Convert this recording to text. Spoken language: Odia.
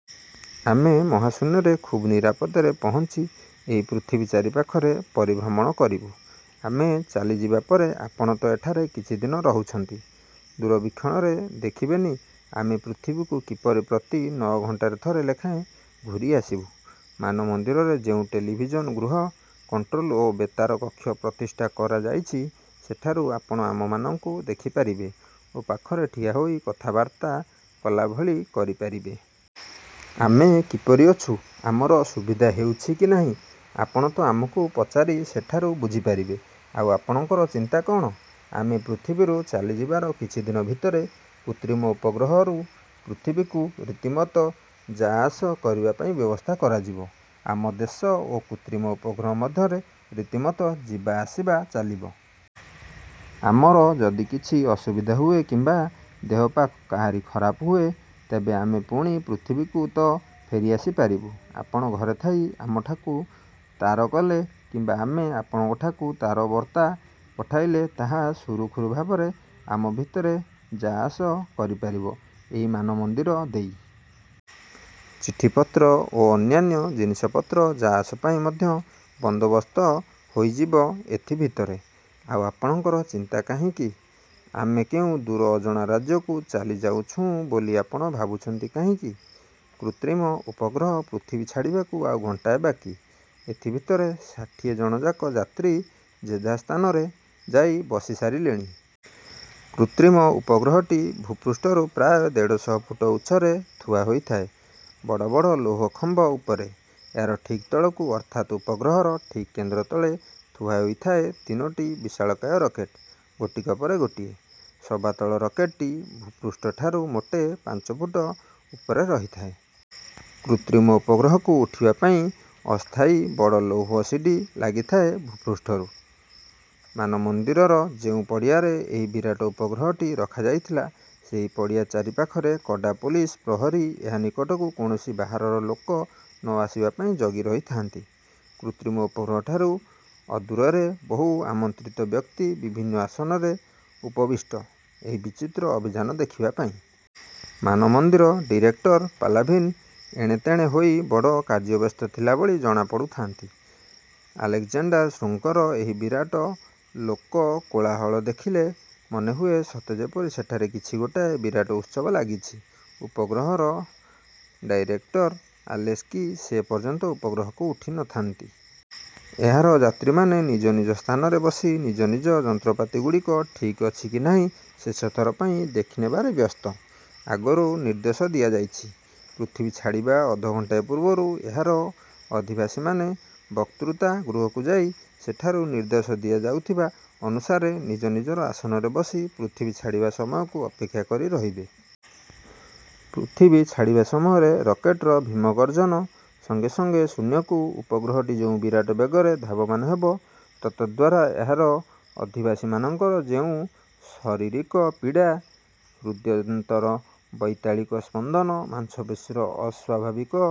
ଆମେ ମହାଶୂନ୍ୟରେ ଖୁବ୍ ନିରାପଦରେ ପହଞ୍ଚି ଏହି ପୃଥିବୀ ଚାରିପାଖରେ ପରିଭ୍ରମଣ କରିବୁ। ଆମେ ଚାଲିଯିବାପରେ ଆପଣ ତ ଏଠାରେ କିଛିଦିନ ରହୁଛନ୍ତି। ଦୂରବୀକ୍ଷଣରେ ଦେଖିବେନି ଆମେ ପୃଥିବୀକୁ କିପରି ପ୍ରତି ନଅ ଘଣ୍ଟାରେ ଥରେ ଲେଖାଏଁ ଘୂରିଆସିବୁ। ମାନମନ୍ଦିରରେ ଯେଉଁ ଟେଲିଭିଜନ ଗୃହ, କଣ୍ଟ୍ରୋଲ ଓ ବେତାର କକ୍ଷ ପ୍ରତିଷ୍ଠା କରାଯାଇଛି, ସେଠାରୁ ଆପଣ ଆମମାନଙ୍କୁ ଦେଖିପାରିବେ ଓ ପାଖରେ ଠିଆହୋଇ କଥାବାର୍ତ୍ତା କଲାଭଳି କରି ପାରିବେ। ଆମେ କିପରି ଅଛୁ, ଆମର ସୁବିଧା ହେଉଛି କି ନାହିଁ, ଆପଣ ତ ଆମକୁ ପଚାରି ସେଠାରୁ ବୁଝିପାରିବେ। ଆଉ ଆପଣଙ୍କର ଚିନ୍ତା କ'ଣ? ଆମେ ପୃଥିବୀରୁ ଚାଲିଯିବାର କିଛିଦିନ ଭିତରେ କୃତ୍ରିମ ଉପଗ୍ରହରୁ ପୃଥିବୀକୁ ରୀତିମତ ଯା–ଆସ କରିବା ପାଇଁ ବ୍ୟବସ୍ଥା କରାଯିବ। ଆମ ଦେଶ ଓ କୃତ୍ରିମ ଉପଗ୍ରହ ମଧ୍ୟରେ ରୀତିମତ ଯିବା–ଆସିବା ଚାଲିବ। ଆମର ଯଦି କିଛି ଅସୁବିଧା ହୁଏ କିମ୍ବା ଦେହପା କାହାରି ଖରାପ ହୁଏ, ତେବେ ଆମେ ପୁଣି ପୃଥିବୀକୁ ତ ଫେରିଆସି ପାରିବୁ। ଆପଣ ଘରେ ଥାଇ ଆମଠାକୁ ତାର କଲେ କିମ୍ବା ଆମେ ଆପଣଙ୍କଠାକୁ ତାରବର୍ତ୍ତା ପଠାଇଲେ ତାହା ସୁରୁଖୁରୁ ଭାବରେ ଆମ ଭିତରେ ଯା–ଆସ କରିପାରିବ ଏହି ମାନମନ୍ଦିର ଦେଇ। ଚିଠିପତ୍ର ଓ ଅନ୍ୟାନ୍ୟ ଜିନିଷପତ୍ର ଯା–ଆସ ପାଇଁ ମଧ୍ୟ ବନ୍ଦୋବସ୍ତ ହୋଇଯିବ ଏଥିଭିତରେ। ଆଉ ଆପଣଙ୍କର ଚିନ୍ତା କାହିଁକି? ଆମେ କେଉଁ ଦୂର ଅଜଣା ରାଜ୍ୟକୁ ଚାଲିଯାଉଛୁଁ ବୋଲି ଆପଣ ଭାବୁଛନ୍ତି କାହିଁକି? '' କୃତ୍ରିମ ଉପଗ୍ରହ ପୃଥିବୀ ଛାଡ଼ିବାକୁ ଆଉ ଘଣ୍ଟାଏ ବାକି। ଏଥିଭିତରେ ଷାଠିଏ ଜଣଯାକ ଯାତ୍ରୀ ଯେଝା ସ୍ଥାନରେ ଯାଇ ବସିସାରିଲେଣି। କୃତ୍ରିମ ଉପଗ୍ରହଟି ଭୂପୃଷ୍ଠରୁ ପ୍ରାୟ ଦେଢ଼ଶହ ଫୁଟ ଉଚ୍ଚରେ ଥୁଆହୋଇଥାଏ ବଡ଼ ବଡ଼ ଲୌହ ଖମ୍ବ ଉପରେ। ଏହାର ଠିକ୍ ତଳକୁ ଅର୍ଥାତ ଉପଗ୍ରହର ଠିକ୍ କେନ୍ଦ୍ର ତଳେ ଥୁଆ ହୋଇଥାଏ ତିନୋଟି ବିଶାଳକାୟ ରକେଟ୍, ଗୋଟିକ ପରେ ଗୋଟିଏ। ସବାତଳ ରକେଟ୍ଟି ଭୂପୃଷ୍ଠଠାରୁ ମୋଟେ ପାଞ୍ଚଫୁଟ ଉପରେ ରହିଥାଏ। କୃତ୍ରିମ ଉପଗ୍ରହକୁ ଉଠିବାପାଇଁ ଅସ୍ଥାୟୀ ବଡ଼ ଲୌହ ସିଡ଼ି ଲାଗିଥାଏ ଭୂପୃଷ୍ଠରୁ। ମାନମନ୍ଦିରର ଯେଉଁ ପଡ଼ିଆରେ ଏହି ବିରାଟ ଉପଗ୍ରହଟି ରଖାଯାଇଥିଲା, ସେହି ପଡ଼ିଆ ଚାରିପାଖରେ କଡ଼ା ପୋଲିସ ପ୍ରହରୀ ଏହା ନିକଟକୁ କୌଣସି ବାହାରର ଲୋକ ନ ଆସିବା ପାଇଁ ଜଗି ରହିଥାନ୍ତି। କୃତ୍ରିମ ଉପଗ୍ରହଠାରୁ ଅଦୂରରେ ବହୁ ଆମନ୍ତ୍ରିତ ବ୍ୟକ୍ତି ବିଭିନ୍ନ ଆସନରେ ଉପବିଷ୍ଟ, ଏହି ବିଚିତ୍ର ଅଭିଯାନ ଦେଖିବାପାଇଁ। ମାନମନ୍ଦିର ଡିରେକ୍ଟର ପାଲାଭିନ୍ ଏଣେତେଣେ ହୋଇ ବଡ଼ କାର୍ଯ୍ୟବ୍ୟସ୍ତ ଥିଲା ଭଳି ଜଣାପଡ଼ୁଥାନ୍ତି। ଆଲେକ୍ଜାଣ୍ଡର ଶୃଙ୍ଗର ଏହି ବିରାଟ ଲୋକକୋଳାହଳ ଦେଖିଲେ ମନେହୁଏ ସତେ ଯେପରି ସେଠାରେ କିଛି ଗୋଟାଏ ବିରାଟ ଉତ୍ସବ ଲାଗିଛି। ଉପଗ୍ରହର ଡାଇରେକ୍ଟର ଆଲେସ୍କି ସେ ପର୍ଯ୍ୟନ୍ତ ଉପଗ୍ରହକୁ ଉଠି ନ ଥାନ୍ତି। ଏହାର ଯାତ୍ରୀମାନେ ନିଜ ନିଜ ସ୍ଥାନରେ ବସି ନିଜ ନିଜ ଯନ୍ତ୍ରପାତିଗୁଡ଼ିକ ଠିକ୍ଅଛି କି ନାହିଁ, ଶେଷଥର ପାଇଁ ଦେଖିନେବାରେ ବ୍ୟସ୍ତ। ଆଗରୁ ନିର୍ଦ୍ଦେଶ ଦିଆଯାଇଛି, ପୃଥିବୀ ଛାଡ଼ିବା ଅଧଘଣ୍ଟାଏ ପୂର୍ବରୁ ଏହାର ଅଧିବାସୀମାନେ ବକ୍ତୃତା–ଗୃହକୁ ଯାଇ ସେଠାରୁ ନିର୍ଦ୍ଦେଶ ଦିଆଯାଉଥିବା ଅନୁସାରେ ନିଜ ନିଜର ଆସନରେ ବସି ପୃଥିବୀ ଛାଡ଼ିବା ସମୟକୁ ଅପେକ୍ଷା କରି ରହିବେ। ପୃଥିବୀ ଛାଡ଼ିବା ସମୟରେ ରକେଟ୍ର। ଭୀମ ଗର୍ଜ୍ଜନ ସଙ୍ଗେ ସଙ୍ଗେ ଶୂନ୍ୟକୁ ଉପଗ୍ରହଟି ଯେଉଁ ବିରାଟ ବେଗରେ ଧାବମାନ ହେବ, ତଦ୍ଦ୍ୱାରା ଏହାର ଅଧିବାସୀମାନଙ୍କର ଯେଉଁ ଶରୀରିକ ପୀଡ଼ା, ହୃଦ୍ଯନ୍ତ୍ରର ବୈତାଳିକ ସ୍ପନ୍ଦନ, ମାଂସପେଶୀର ଅସ୍ୱାଭାବିକ